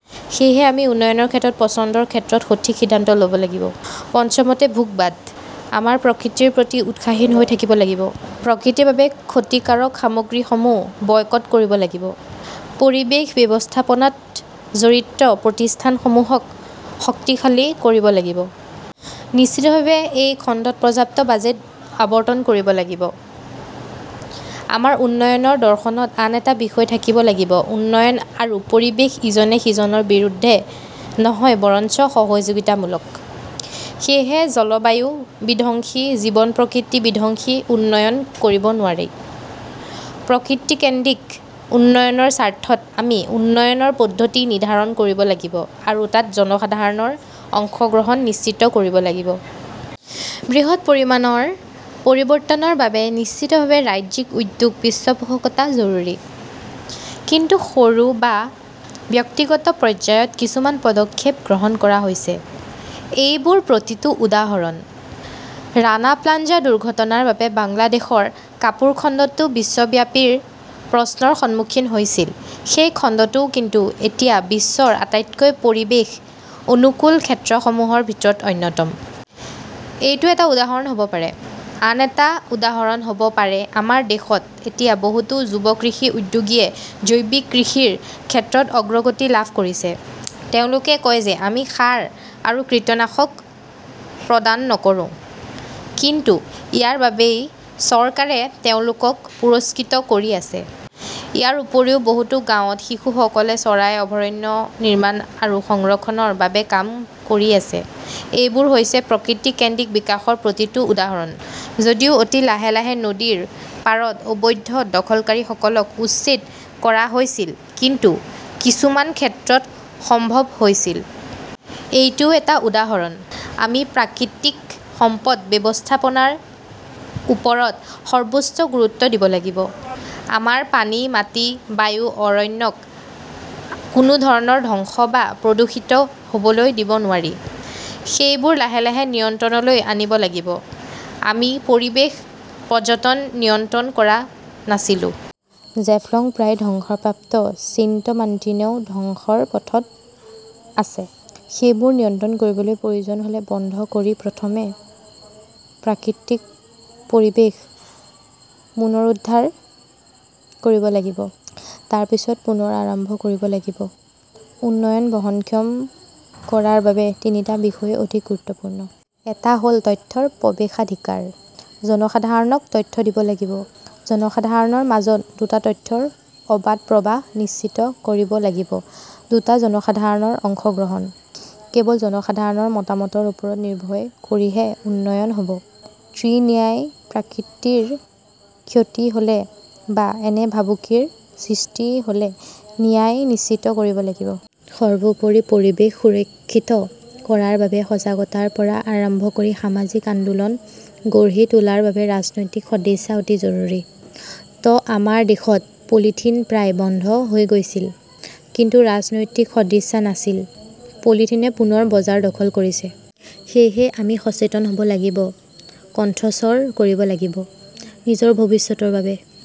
সেয়েহে আমি উন্নয়নৰ ক্ষেত্ৰত পছন্দৰ ক্ষেত্ৰত সঠিক সিদ্ধান্ত ল 'ব লাগিব। পঞ্চমতে, ভোগবাদ। আমাৰ প্ৰকৃতিৰ প্ৰতি উদাসীন হৈ থাকিব নোৱাৰি। প্ৰকৃতিৰ বাবে ক্ষতিকাৰক সামগ্ৰীসমূহ বয়কট কৰিব লাগিব। পৰিৱেশ ব্যৱস্থাপনাত জড়িত প্ৰতিষ্ঠানসমূহক শক্তিশালী কৰিব লাগিব। নিশ্চিতভাৱে এই খণ্ডত পৰ্যাপ্ত বাজেট আবণ্টন কৰিব লাগিব। আমাৰ উন্নয়নৰ দৰ্শনত আন এটা বিষয় থাকিব লাগিব-উন্নয়ন আৰু পৰিৱেশ ইজনে সিজনৰ বিৰুদ্ধে নহয় বৰঞ্চ সহযোগিতামূলক। সেয়েহে জলবায়ু বিধ্বংসী, জীৱন-প্ৰকৃতি বিধ্বংসী উন্নয়ন কৰিব নোৱাৰি। প্ৰকৃতি-কেন্দ্ৰিক উন্নয়নৰ স্বাৰ্থত আমি উন্নয়নৰ পদ্ধতি নিৰ্ধাৰণ কৰিব লাগিব আৰু তাত জনসাধাৰণৰ অংশগ্ৰহণ নিশ্চিত কৰিব লাগিব। বৃহৎ পৰিমাণৰ পৰিৱৰ্তনৰ বাবে নিশ্চিতভাৱে ৰাজ্যিক উদ্যোগ, পৃষ্ঠপোষকতা জৰুৰী। কিন্তু সৰু বা ব্যক্তিগত পৰ্যায়ত কিছুমান পদক্ষেপ গ্ৰহণ কৰা হৈছে। এইবোৰ প্ৰতিটো উদাহৰণ। ৰাণা প্নাজা দুৰ্ঘটনাৰ বাবে বাংলাদেশৰ কাপোৰ খণ্ডটো বিশ্বব্যাপী প্ৰশ্নৰ সন্মুখীন হৈছিল, সেই খণ্ডটো কিন্তু এতিয়া বিশ্বৰ আটাইতকৈ পৰিৱেশ অনুকূল ক্ষেত্ৰসমূহৰ ভিতৰত অন্যতম। এইটো এটা উদাহৰণ হ’ব পাৰে। আন এটা উদাহৰণ হ’ব পাৰে-আমাৰ দেশত এতিয়া বহুতো যুৱ কৃষি উদ্যোগীয়ে জৈৱিক কৃষিৰ ক্ষেত্ৰত অগ্ৰগতি লাভ কৰিছে। তেওঁলোকে কয় যে আমি সাৰ আৰু কীটনাশক প্ৰদান নকৰো। কিন্তু ইয়াৰ বাবেই চৰকাৰে তেওঁলোকক পুৰস্কৃত কৰি আছে। ইয়াৰ উপৰিও, বহুতো গাঁৱত শিশুসকলে চৰাই অভয়াৰণ্য নিৰ্মাণ আৰু সংৰক্ষণৰ বাবে কাম কৰি আছে। এইবোৰ হৈছে প্ৰকৃতি-কেন্দ্ৰিক বিকাশৰ প্ৰতিটো উদাহৰণ। যদিও অতি লাহে লাহে নদীৰ পাৰত অবৈধ দখলকাৰীসকলক উচ্ছেদ কৰা হৈছিল কিন্তু কিছুমান ক্ষেত্ৰত সম্ভৱ হৈছিল। এইটোও এটা উদাহৰণ। আমি প্ৰাকৃতিক সম্পদ ব্যৱস্থাপনাৰ ওপৰত সৰ্বোচ্চ গুৰুত্ব দিব লাগিব। আমাৰ পানী, মাটি, বায়ু, অৰণ্যক কোনো ধৰণে ধ্বংস বা প্ৰদূষিত হ’বলৈ দিব নোৱাৰি। সেইবোৰ লাহে লাহে নিয়ন্ত্ৰণলৈ আনিব লাগিব। আমি পৰিৱেশ পৰ্যটন নিয়ন্ত্ৰণ কৰা নাছিলো। জেফলঙ প্ৰায় ধ্বংসপ্ৰাপ্ত, ছেইণ্টমাৰ্টিনেও ধ্বংসৰ পথত আছে। সেইবোৰ নিয়ন্ত্ৰণ কৰিবলৈ প্ৰয়োজন হ’লে বন্ধ কৰি প্ৰথমে প্ৰাকৃতিক পৰিৱেশ পুনৰুদ্ধাৰ কৰিব লাগিব। তাৰ পিছত পুনৰ আৰম্ভ কৰিব পাৰি। উন্নয়ন বহনক্ষম কৰাৰ বাবে তিনিটা বিষয় অধিক গুৰুত্বপূৰ্ণ। এটা হ’ল তথ্যৰ প্ৰৱেশাধিকাৰ। জনসাধাৰণক তথ্য দিব লাগিব। জনসাধাৰণৰ মাজত তথ্যৰ অবাধ প্ৰৱাহ নিশ্চিত কৰিব লাগিব. দুটা. জনসাধাৰণৰ অংশগ্ৰহণ। কেৱল জনসাধাৰণৰ মতামতৰ ওপৰত নিৰ্ভৰ কৰিহে উন্নয়ন হ’ব। ত্ৰি. ন্যায়. প্ৰকৃতিৰ ক্ষতি হ’লে বা এনে ভাবুকিৰ সৃষ্টি হ’লে ন্যায় নিশ্চিত কৰিব লাগিব। সৰ্বোপৰি, পৰিৱেশ সুৰক্ষিত কৰাৰ বাবে সজাগতাৰ পৰা আৰম্ভ কৰি সামাজিক আন্দোলন গঢ়ি তোলাৰ বাবে ৰাজনৈতিক সদিচ্ছা অতি জৰুৰী। ত আমাৰ দেশত পলিথিন প্ৰায় বন্ধ হৈ গৈছিল। কিন্তু ৰাজনৈতিক সদিচ্ছা নাছিল। পলিথিনে পুনৰ বজাৰ দখল কৰিছে। সেয়েহে আমি সচেতন হ 'ব লাগিব, কণ্ঠস্বৰ কৰিব লাগিব। নিজৰ, ভৱিষ্যতৰ বাবে।